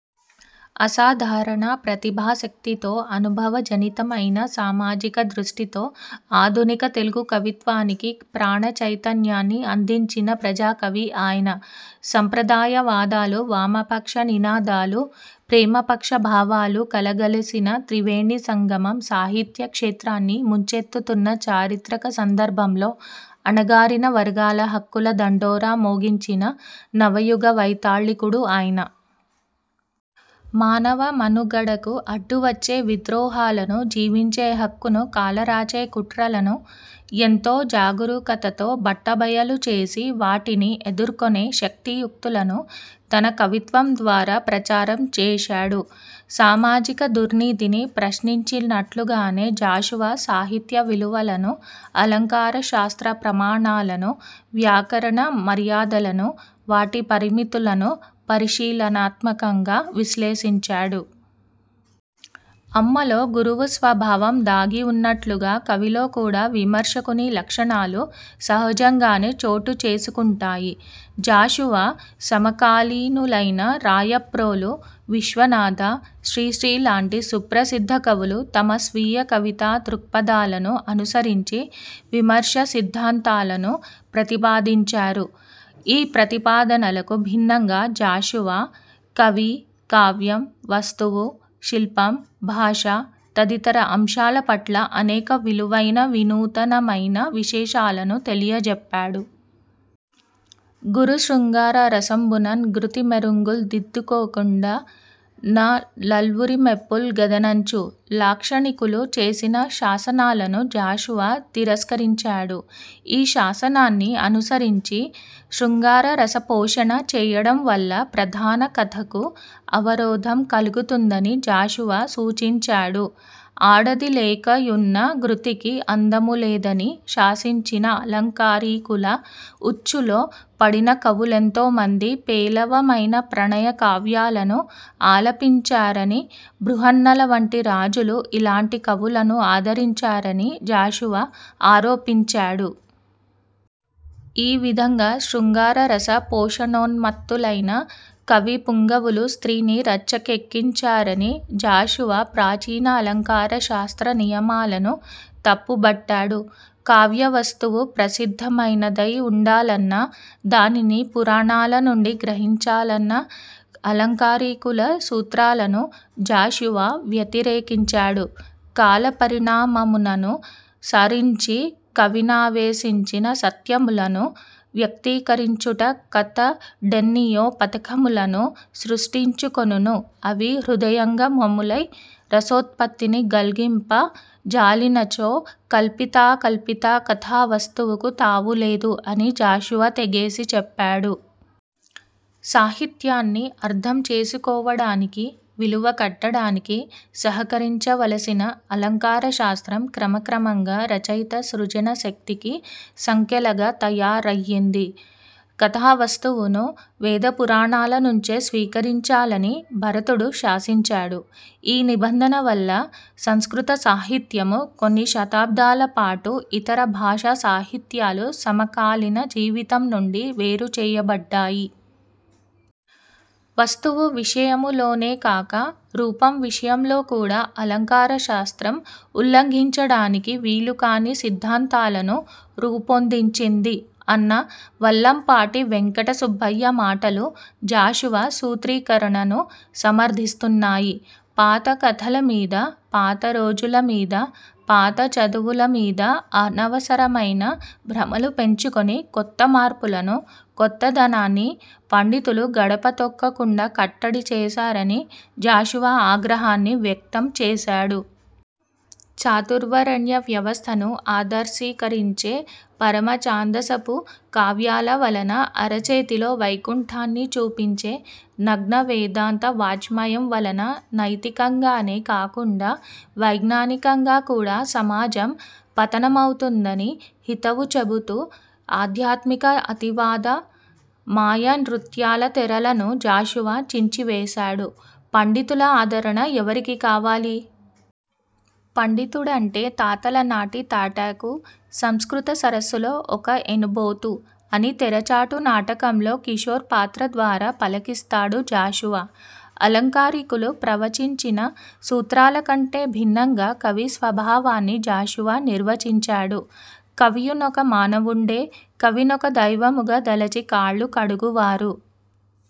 అసాధారణ ప్రతిభాశక్తితో అనుభవజనితమైన సామాజిక దృష్టితో ఆధునిక తెలుగు కవిత్వానికి ప్రాణ చైతన్యాన్ని అందించిన ప్రజాకవి ఆయన. సంప్రదాయ వాదాలు, వామపక్ష నినాదాలు, 'ప్రేమ' పక్ష భావాలు కలగలసిన త్రివేణి సంగమం సాహిత్య క్షేత్రాన్ని ముంచెత్తుతున్న చారిత్రక సందర్భంలో అణగారిన వర్గాల హక్కుల దండోరా మోగించిన నవయుగ వైతాళికుడు ఆయన. మానవ మనుగడకు అడ్డువచ్చే విద్రోహాలను, జీవించేహక్కును కాలరాచే కుట్రలను ఎంతో జాగురూకతతో బట్టబయలు చేసి, వాటిని ఎదుర్కొనే శక్తియుక్తులను తన కవిత్వం ద్వారా ప్రచారం జేశాడు. సామాజిక దుర్నీతిని ప్రశ్నించినట్లుగానే జాషువా సాహిత్య విలువలను, అలంకార శాస్త్ర ప్రమాణాలను, వ్యాకరణ మర్యాదలను, వాటి పరిమితులను పరిశీలనాత్మకంగా విశ్లేషించాడు. అమ్మలో గురువు స్వభావం దాగి ఉన్నట్లుగా కవిలో కూడా విమర్శకుని లక్షణాలు సహజంగానే చోటుచేసుకుంటాయి. జాషువా సమకాలీనులైన రాయప్రోలు, విశ్వనాథ, శ్రీశ్రీ లాంటి సుప్రసిద్థ కవులు తమ స్వీయ కవితా దృక్పథాలను అనుసరించి విమర్శ సిద్థాంతాలను ప్రతిపాదించారు. ఈ ప్రతిపాదనలకు భిన్నంగా జాషువా కవి, కావ్యం, వస్తువు, శిల్పం, భాష తదితర అంశాలపట్ల అనేక విలువైన, వినూతనమైన విశేషాలను తెలియజెప్పాడు. ''గురు శృంగార రసంబునన్ గృతి మెఱుంగుల్ దిద్దుకోకుండ న/ లర్వురిమెప్పుల్ గనదంచు'' లాక్షణికులు చేసిన శాసనాలను జాషువా తిరస్కరించాడు. ఈ శాసనాన్ని అనుసరించి శృంగార రస పోషణ చేయడం వల్ల ప్రధాన కథకు అవరోధం కలుగుతుందని జాషువా సూచించాడు. ''ఆడది లేకయున్న గృతికి అందములేదని'' శాసించిన ఆలంకారీకుల ఉచ్చులో పడిన కవులెంతోమంది పేలవమైన ప్రణయ కావ్యాలను ఆలపించారని, బృహన్నల వంటి రాజులు ఇలాంటి కవులను ఆదరించారని జాషువా ఆరోపించాడు. ఈ విధంగా శృంగార రస పోషణోన్మత్తులైన కవి పుంగవులు స్త్రీని రచ్చకెక్కించారని జాషువా ప్రాచీన అలంకార శాస్త్ర నియమాలను తప్పుబట్టాడు. కావ్య వస్తువు ప్రసిద్ధమైనదై ఉండాలన్న, దానిని పురాణాల నుండి గ్రహించాలన్న ఆలంకారికుల సూత్రాలను జాషువా వ్యతిరేకించాడు. ''కాల పరిణామమునను సరించి కవినావేసించిన సత్యములను వ్యక్తీకరించుటకతడెన్నియో పథకములను సృష్టించుకొనును అవి హృదయంగమములై రసోత్పత్తిని గల్గింప జాలినచో కల్పితాకల్పితా కథా వస్తువుకు తావులేదు'' అని జాషువా తెగేసి చెప్పాడు. ''సాహిత్యాన్ని అర్థం చేసుకోవడానికి, విలువ కట్టడానికి సహకరించ వలసిన అలంకార శాస్త్రం క్రమక్రమంగా రచయిత సృజనశక్తికి సంకెలగా తయారయ్యింది. కథా వస్తువును వేదపురాణాలనుంచే స్వీకరించాలని భరతుడు శాసించాడు. ఈ నిబంధన వల్ల సంస్కృత సాహిత్యము, కొన్ని శతాబ్దాలపాటు ఇతర భాషా సాహిత్యాలు సమకాలీన జీవితం నుండి వేరుచేయబడ్డాయి. వస్తువు విషయములోనేకాక రూపం విషయంలో కూడా అలంకార శాస్త్రం ఉల్లంఘించడానికి వీలుకాని సిద్థాంతాలను రూపొందించింది'' అన్న వల్లంపాటి వెంకటసుబ్బయ్య మాటలు జాషువా సూత్రీకరణను సమర్థిస్తున్నాయి. ''పాత కథల మీద, పాత రోజుల మీద, పాత చదువుల మీద అనవసరమైన భ్రమలు పెంచుకొని, కొత్త మార్పులను, కొత్తదనాన్ని పండితులు గడప తొక్కకుండా కట్టడి చేశార''ని జాషువా ఆగ్రహాన్ని వ్యక్తం చేశాడు. చాతుర్వర్ణ్య వ్యవస్థను ఆదర్శీకరించే 'పరమ ఛాందసపు కావ్యాల' వలన, అరచేతిలో వైకుంఠాన్ని చూపించే 'నగ్న వేదాంత వాజ్మయం' వలన నైతికంగానే కాకుండా వైజ్ఞానికంగా కూడా సమాజం పతనమవుతుందని హితవు చెబుతూ ఆధ్యాత్మిక అతివాద ''మాయ నృత్యాల తెరల''ను జాషువా చించివేశాడు. ''పండితుల ఆదరణ ఎవరికి కావాలి? పండితుడంటే తాతలనాటి తాటాకు, సంస్కృత సరస్సులో ఒక ఎనుబోతు'' అని తెరచాటు నాటకంలో కిశోర్ పాత్ర ద్వారా పలకిస్తాడు జాషువా. ఆలంకారికులు ప్రవచించిన సూత్రాలకంటే భిన్నంగా కవి స్వభావాన్ని జాషువా నిర్వచించాడు. ''కవియునొక మానవుండే / కవినొక దైవముగ దలచి కాళ్ళు కడుగువారు''